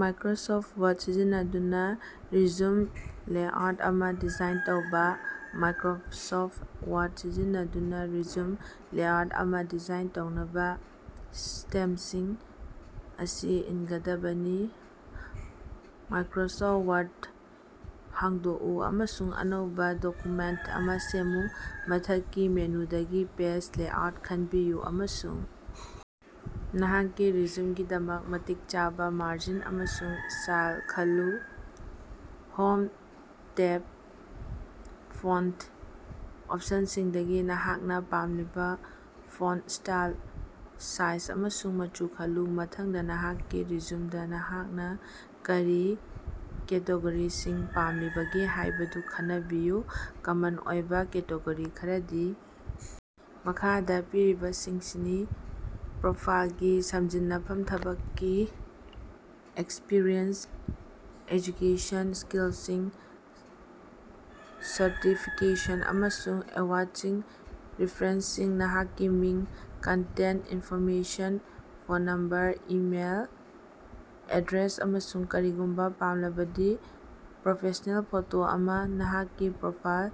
Microsoft Word ꯁꯤꯖꯤꯟꯅꯗꯨꯅ resume layout ꯑꯃ design ꯇꯧꯕ꯫ ꯃꯥꯏꯀ꯭ꯔꯣꯁꯣꯐꯠ ꯋꯥꯔꯗ ꯁꯤꯖꯤꯟꯅꯗꯨꯅ ꯔꯤꯖ꯭ꯌꯨꯝ ꯂꯦꯑꯥꯎꯠ ꯑꯃ ꯗꯤꯖꯥꯏꯟ ꯇꯧꯅꯕ, ꯁ꯭ꯇꯦꯞꯁꯤꯡ ꯑꯁꯤ ꯏꯟꯒꯗꯕꯅꯤ: ꯃꯥꯏꯀ꯭ꯔꯣꯁꯣꯐꯠ ꯋꯥꯔꯗ ꯍꯥꯡꯗꯣꯛꯎ ꯑꯃꯁꯨꯡ ꯑꯅꯧꯕ ꯗꯣꯛꯀꯨꯃꯦꯟꯇ ꯑꯃ ꯁꯦꯝꯃꯨ꯫ ꯃꯊꯛꯀꯤ ꯃꯦꯅꯨꯗꯒꯤ, 'ꯄꯦꯖ ꯂꯦꯑꯥꯎꯠ' ꯈꯟꯕꯤꯌꯨ ꯑꯃꯁꯨꯡ ꯅꯍꯥꯛꯀꯤ ꯔꯤꯖ꯭ꯌꯨꯝꯒꯤꯗꯃꯛ ꯃꯇꯤꯛ ꯆꯥꯕ ꯃꯥꯔꯖꯤꯟ ꯑꯃꯁꯨꯡ ꯁꯥꯏꯖ ꯈꯜꯂꯨ꯫ 'ꯍꯣꯝ' ꯇꯦꯞꯇ, ꯐꯣꯟꯇ ꯑꯣꯞꯁꯟꯁꯤꯡꯗꯒꯤ ꯅꯍꯥꯛꯅ ꯄꯥꯝꯂꯤꯕ ꯐꯣꯟꯇ ꯁ꯭ꯇꯥꯏꯜ, ꯁꯥꯏꯖ ꯑꯃꯁꯨꯡ ꯃꯆꯨ ꯈꯜꯂꯨ꯫ ꯃꯊꯪꯗ, ꯅꯍꯥꯛꯀꯤ ꯔꯤꯖ꯭ꯌꯨꯝꯗ ꯅꯍꯥꯛꯅ ꯀꯔꯤ ꯀꯦꯇꯦꯒꯣꯔꯤꯁꯤꯡ ꯄꯥꯝꯂꯤꯕꯒꯦ ꯍꯥꯌꯕꯗꯨ ꯈꯟꯅꯕꯤꯌꯨ꯫ ꯀꯃꯟ ꯑꯣꯏꯕ ꯀꯦꯇꯦꯒꯣꯔꯤ ꯈꯔꯗꯤ ꯃꯈꯥꯗ ꯄꯤꯔꯤꯕꯁꯤꯡꯁꯤꯅꯤ: ꯄ꯭ꯔꯣꯐꯥꯏꯜꯒꯤ ꯁꯝꯖꯤꯟꯅꯐꯝ ꯊꯕꯛꯀꯤ ꯑꯦꯛꯁꯄꯤꯔꯤꯑꯦꯟꯁ ꯑꯦꯖꯨꯀꯦꯁꯟ ꯁ꯭ꯀꯤꯜꯁꯤꯡ ꯁꯔꯇꯤꯐꯤꯀꯦꯁꯟ ꯑꯃꯁꯨꯡ ꯑꯦꯋꯥꯔꯗꯁꯤꯡ ꯔꯤꯐ꯭ꯔꯦꯟꯁꯁꯤꯡ ꯅꯍꯥꯛꯀꯤ ꯃꯤꯡ, contact information (phone number, email, address), ꯑꯃꯁꯨꯡ ꯀꯔꯤꯒꯨꯝꯕ ꯄꯥꯝꯂꯕꯗꯤ, ꯄ꯭ꯔꯣꯐꯦꯁ꯭ꯅꯦꯜ ꯐꯣꯇꯣ ꯑꯃ꯫ ꯅꯍꯥꯛꯀꯤ ꯄ꯭ꯔꯣꯐꯥꯏꯜ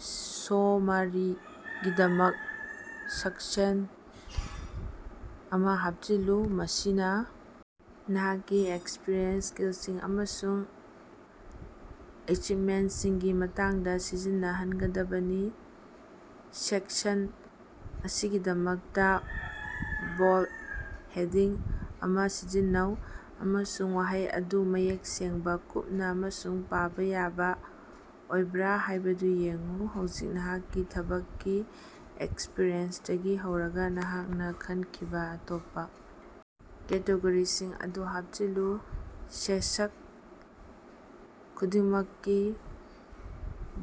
ꯁꯣꯃꯥꯔꯤꯒꯤꯗꯃꯛ ꯁꯦꯛꯁꯟ ꯑꯃ ꯍꯥꯞꯆꯤꯜꯂꯨ꯫ ꯃꯁꯤꯅ ꯅꯍꯥꯛꯀꯤ ꯑꯦꯛꯁꯄꯤꯔꯤꯌꯦꯟꯁ, ꯁ꯭ꯀꯤꯜꯁꯤꯡ ꯑꯃꯁꯨꯡ ꯑꯦꯆꯤꯄꯃꯦꯟꯇꯁꯤꯡꯒꯤ ꯃꯇꯥꯡꯗ ꯁꯝꯖꯤꯟꯅꯍꯟꯒꯗꯕꯅꯤ꯫ ꯁꯦꯛꯁꯟ ꯑꯁꯤꯒꯤꯗꯃꯛꯇ ꯕꯣꯜꯗ ꯍꯦꯗꯤꯡ ꯑꯃ ꯁꯤꯖꯤꯟꯅꯧ, ꯑꯃꯁꯨꯡ ꯋꯥꯍꯩ ꯑꯗꯨ ꯃꯌꯦꯛ ꯁꯦꯡꯕ, ꯀꯨꯞꯅ ꯑꯃꯁꯨꯡ ꯄꯥꯕ ꯌꯥꯕ ꯑꯣꯏꯕ꯭ꯔ ꯍꯥꯌꯕꯗꯨ ꯌꯦꯡꯎ꯫ ꯍꯧꯖꯤꯛ ꯅꯍꯥꯛꯀꯤ ꯊꯕꯛꯀꯤ ꯑꯦꯛꯁꯄꯤꯔꯤꯌꯦꯟꯁꯇꯒꯤ ꯍꯧꯔꯒ ꯅꯍꯥꯛꯅ ꯈꯟꯈꯤꯕ ꯑꯇꯣꯞꯄ ꯀꯦꯇꯦꯒꯣꯔꯤꯁꯤꯡ ꯑꯗꯨ ꯍꯥꯞꯆꯤꯜꯂꯨ꯫ ꯁꯦꯛꯁꯟ ꯈꯨꯗꯤꯡꯃꯛꯀꯤ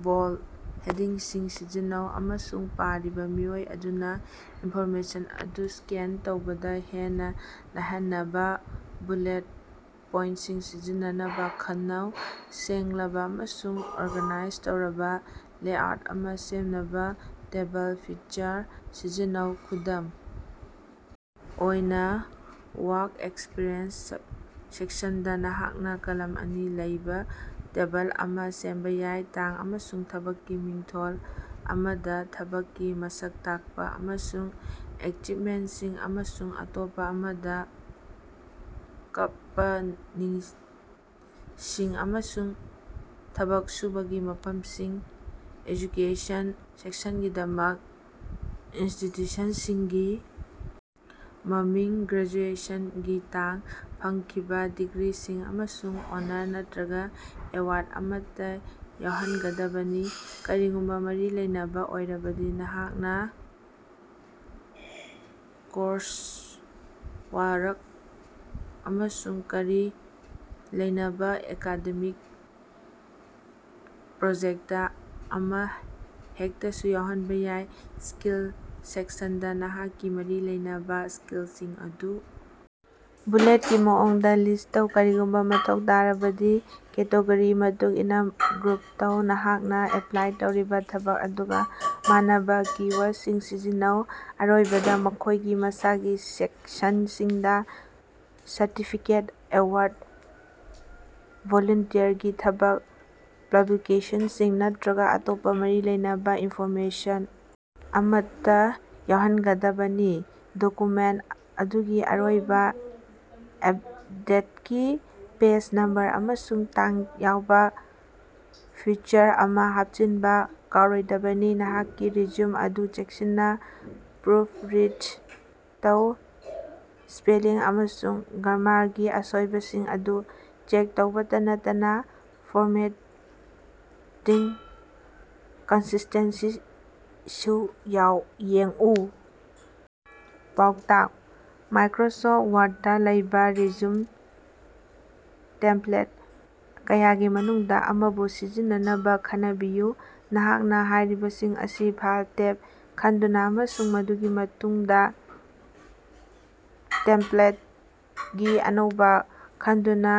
ꯕꯣꯜꯗ ꯍꯦꯗꯤꯡꯁꯤꯡ ꯁꯤꯖꯤꯟꯅꯧ, ꯑꯃꯁꯨꯡ ꯄꯥꯔꯤꯕ ꯃꯤꯑꯣꯏ ꯑꯗꯨꯅ ꯏꯟꯐꯣꯔꯃꯦꯁꯟ ꯑꯗꯨ ꯁ꯭ꯀꯦꯟ ꯇꯧꯕꯗ ꯍꯦꯟꯅ ꯂꯥꯌꯍꯟꯅꯕ ꯕꯨꯂꯦꯠ ꯄꯣꯏꯟꯇꯁꯤꯡ ꯁꯤꯖꯤꯟꯅꯅꯕ ꯈꯟꯅꯧ꯫ ꯁꯦꯡꯂꯕ ꯑꯃꯁꯨꯡ ꯑꯣꯔꯒꯥꯅꯥꯏꯖ ꯇꯧꯔꯕ ꯂꯦꯑꯥꯎꯠ ꯑꯃ ꯁꯦꯝꯅꯕ 'ꯇꯦꯕꯜ' ꯐꯤꯆꯔ ꯁꯤꯖꯤꯟꯅꯧ꯫ ꯈꯨꯗꯝ ꯑꯣꯏꯅ, 'ꯋꯥꯔꯛ ꯑꯦꯛꯁꯄꯤꯔꯤꯑꯦꯟꯁ' ꯁꯦꯛꯁꯟꯗ, ꯅꯍꯥꯛꯅ ꯀꯂꯝ ꯑꯅꯤ ꯂꯩꯕ ꯇꯦꯕꯜ ꯑꯃ ꯁꯦꯝꯕ ꯌꯥꯏ: ꯇꯥꯡ ꯑꯃꯁꯨꯡ ꯊꯕꯛꯀꯤ ꯃꯤꯡꯊꯣꯜ, ꯑꯃꯗ ꯊꯕꯛꯀꯤ ꯃꯁꯛ ꯇꯥꯛꯄ, ꯑꯃꯁꯨꯡ ꯑꯦꯆꯤꯞꯃꯦꯟꯇꯁꯤꯡ, ꯑꯃꯁꯨꯡ ꯑꯇꯣꯞꯄ ꯑꯃꯗ ꯀꯝꯄꯅꯤꯁꯤꯡ ꯑꯃꯁꯨꯡ ꯊꯕꯛ ꯁꯨꯕꯒꯤ ꯃꯐꯝꯁꯤꯡ꯫ 'ꯑꯦꯖꯨꯀꯦꯁꯟ' ꯁꯦꯛꯁꯟꯒꯤꯗꯃꯛ, ꯏꯟꯁꯇꯤꯇ꯭ꯌꯨꯁꯟꯁꯤꯡꯒꯤ ꯃꯃꯤꯡ, ꯒ꯭ꯔꯦꯖꯨꯑꯦꯁꯟꯒꯤ ꯇꯥꯡ, ꯐꯪꯈꯤꯕ ꯗꯤꯒ꯭ꯔꯤꯁꯤꯡ, ꯑꯃꯁꯨꯡ ꯑꯣꯅꯔ ꯅꯇ꯭ꯔꯒ ꯑꯦꯋꯥꯔꯗ ꯑꯃꯠꯇ ꯌꯥꯑꯣꯍꯟꯒꯗꯕꯅꯤ꯫ ꯀꯔꯤꯒꯨꯝꯕ ꯃꯔꯤ ꯂꯩꯅꯕ ꯑꯣꯏꯔꯕꯗꯤ, ꯅꯍꯥꯛꯅ ꯀꯣꯔꯁꯋꯥꯔꯛ ꯑꯃꯁꯨꯡ ꯃꯔꯤ ꯂꯩꯅꯕ ꯑꯦꯀꯥꯗꯦꯃꯤꯛ ꯄ꯭ꯔꯣꯖꯦꯛꯇ ꯑꯃ ꯍꯦꯛꯇꯁꯨ ꯌꯥꯎꯍꯟꯕ ꯌꯥꯏ꯫ 'ꯁ꯭ꯀꯤꯜꯁ' ꯁꯦꯛꯁꯟꯗ, ꯅꯍꯥꯛꯀꯤ ꯃꯔꯤ ꯂꯩꯅꯕ ꯁ꯭ꯀꯤꯜꯁꯤꯡ ꯑꯗꯨ ꯕꯨꯂꯦꯠꯀꯤ ꯃꯑꯣꯡꯗ ꯂꯤꯁ꯭ꯠ ꯇꯧ, ꯀꯔꯤꯒꯨꯝꯕ ꯃꯊꯧ ꯇꯥꯔꯕꯗꯤ ꯀꯦꯇꯦꯒꯣꯔꯤꯒꯤ ꯃꯇꯨꯡꯏꯟꯅ ꯒ꯭ꯔꯨꯞ ꯇꯧ꯫ ꯅꯍꯥꯛꯅ ꯑꯦꯄ꯭ꯂꯥꯏ ꯇꯧꯔꯤꯕ ꯊꯕꯛ ꯑꯗꯨꯒ ꯃꯥꯟꯅꯕ ꯀꯤ-ꯋꯥꯔꯗꯁꯤꯡ ꯁꯤꯖꯤꯟꯅꯧ꯫ ꯑꯔꯣꯏꯕꯗ, ꯃꯈꯣꯌꯒꯤ ꯃꯁꯥꯒꯤ ꯁꯦꯛꯁꯟꯁꯤꯡꯗ ꯁꯔꯇꯤꯐꯤꯀꯦꯠ, ꯑꯦꯋꯥꯔꯗ, ꯚꯣꯂꯨꯟꯇꯤꯌꯔꯒꯤ ꯊꯕꯛ, ꯄꯕ꯭ꯂꯤꯀꯦꯁꯟꯁꯤꯡ, ꯅꯠꯇ꯭ꯔꯒ ꯑꯇꯣꯞꯄ ꯃꯔꯤ ꯂꯩꯅꯕ ꯏꯟꯐꯣꯔꯃꯦꯁꯟ ꯑꯃꯠꯇ ꯌꯥꯑꯣꯍꯟꯒꯗꯕꯅꯤ꯫ ꯗꯣꯛꯀꯨꯃꯦꯟꯇ ꯑꯗꯨꯒꯤ ꯑꯔꯣꯏꯕ ꯑꯞꯗꯦꯠꯀꯤ ꯄꯦꯖ ꯅꯝꯕꯔ ꯑꯃꯁꯨꯡ ꯇꯥꯡ ꯌꯥꯎꯕ ꯐ꯭ꯌꯆꯔ ꯑꯃ ꯍꯥꯞꯆꯤꯟꯕ ꯀꯥꯎꯔꯣꯏꯗꯕꯅꯤ꯫ ꯅꯍꯥꯛꯀꯤ ꯔꯤꯖ꯭ꯌꯨꯝ ꯑꯗꯨ ꯆꯦꯛꯁꯤꯟꯅ ꯄ꯭ꯔꯨꯐ ꯔꯤꯗ ꯇꯧ, ꯁ꯭ꯄꯦꯂꯤꯡ ꯑꯃꯁꯨꯡ ꯒ꯭ꯔꯥꯃꯥꯔꯒꯤ ꯑꯁꯣꯏꯕꯁꯤꯡ ꯑꯗꯨ ꯆꯦꯛ ꯇꯧꯕꯇ ꯅꯠꯇꯅ ꯐꯣꯔꯃꯦꯇꯤꯡ ꯀꯟꯁꯤꯁ꯭ꯇꯦꯟꯁꯤꯁꯨ ꯌꯦꯡꯎ꯫ ꯄꯥꯎꯇꯥꯛ: ꯃꯥꯏꯀ꯭ꯔꯣꯁꯣꯐꯠ ꯋꯥꯔꯗꯇ ꯂꯩꯕꯥ ꯔꯤꯖ꯭ꯌꯨꯝ ꯇꯦꯝꯄ꯭ꯂꯦꯠ ꯀꯌꯥꯒꯤ ꯃꯅꯨꯡꯗ ꯑꯃꯕꯨ ꯁꯤꯖꯤꯟꯅꯅꯕ ꯈꯟꯅꯕꯤꯌꯨ꯫ ꯅꯍꯥꯛꯅ ꯍꯥꯌꯔꯤꯕꯁꯤꯡ ꯑꯁꯤ 'ꯐꯥꯏꯜ' ꯇꯦꯕ ꯈꯟꯗꯨꯅ ꯑꯃꯁꯨꯡ ꯃꯗꯨꯒꯤ ꯃꯇꯨꯡꯗ 'ꯇꯦꯝꯄ꯭ꯂꯦꯠꯇꯒꯤ ꯑꯅꯧꯕ' ꯈꯟꯗꯨꯅ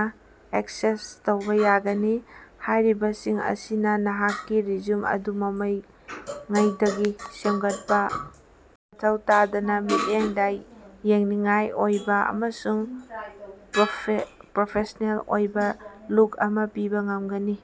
ꯑꯦꯛꯁꯦꯁ ꯇꯧꯕ ꯌꯥꯒꯅꯤ꯫ ꯍꯥꯌꯔꯤꯕꯁꯤꯡ ꯑꯁꯤꯅ ꯅꯍꯥꯛꯀꯤ ꯔꯤꯖ꯭ꯌꯨꯝ ꯑꯗꯨ ꯃꯃꯥꯡꯉꯩꯗꯒꯤ ꯁꯦꯝꯒꯠꯄ ꯃꯊꯧ ꯇꯥꯗꯅ ꯃꯤꯠꯌꯦꯡꯗ ꯌꯦꯡꯅꯤꯡꯉꯥꯏ ꯑꯣꯏꯕ ꯑꯃꯁꯨꯡ ꯄ꯭ꯔꯣꯐꯦꯁ꯭ꯅꯦꯜ ꯑꯣꯏꯕ ꯂꯨꯛ ꯑꯃ ꯄꯤꯕ ꯉꯝꯒꯅꯤ꯫"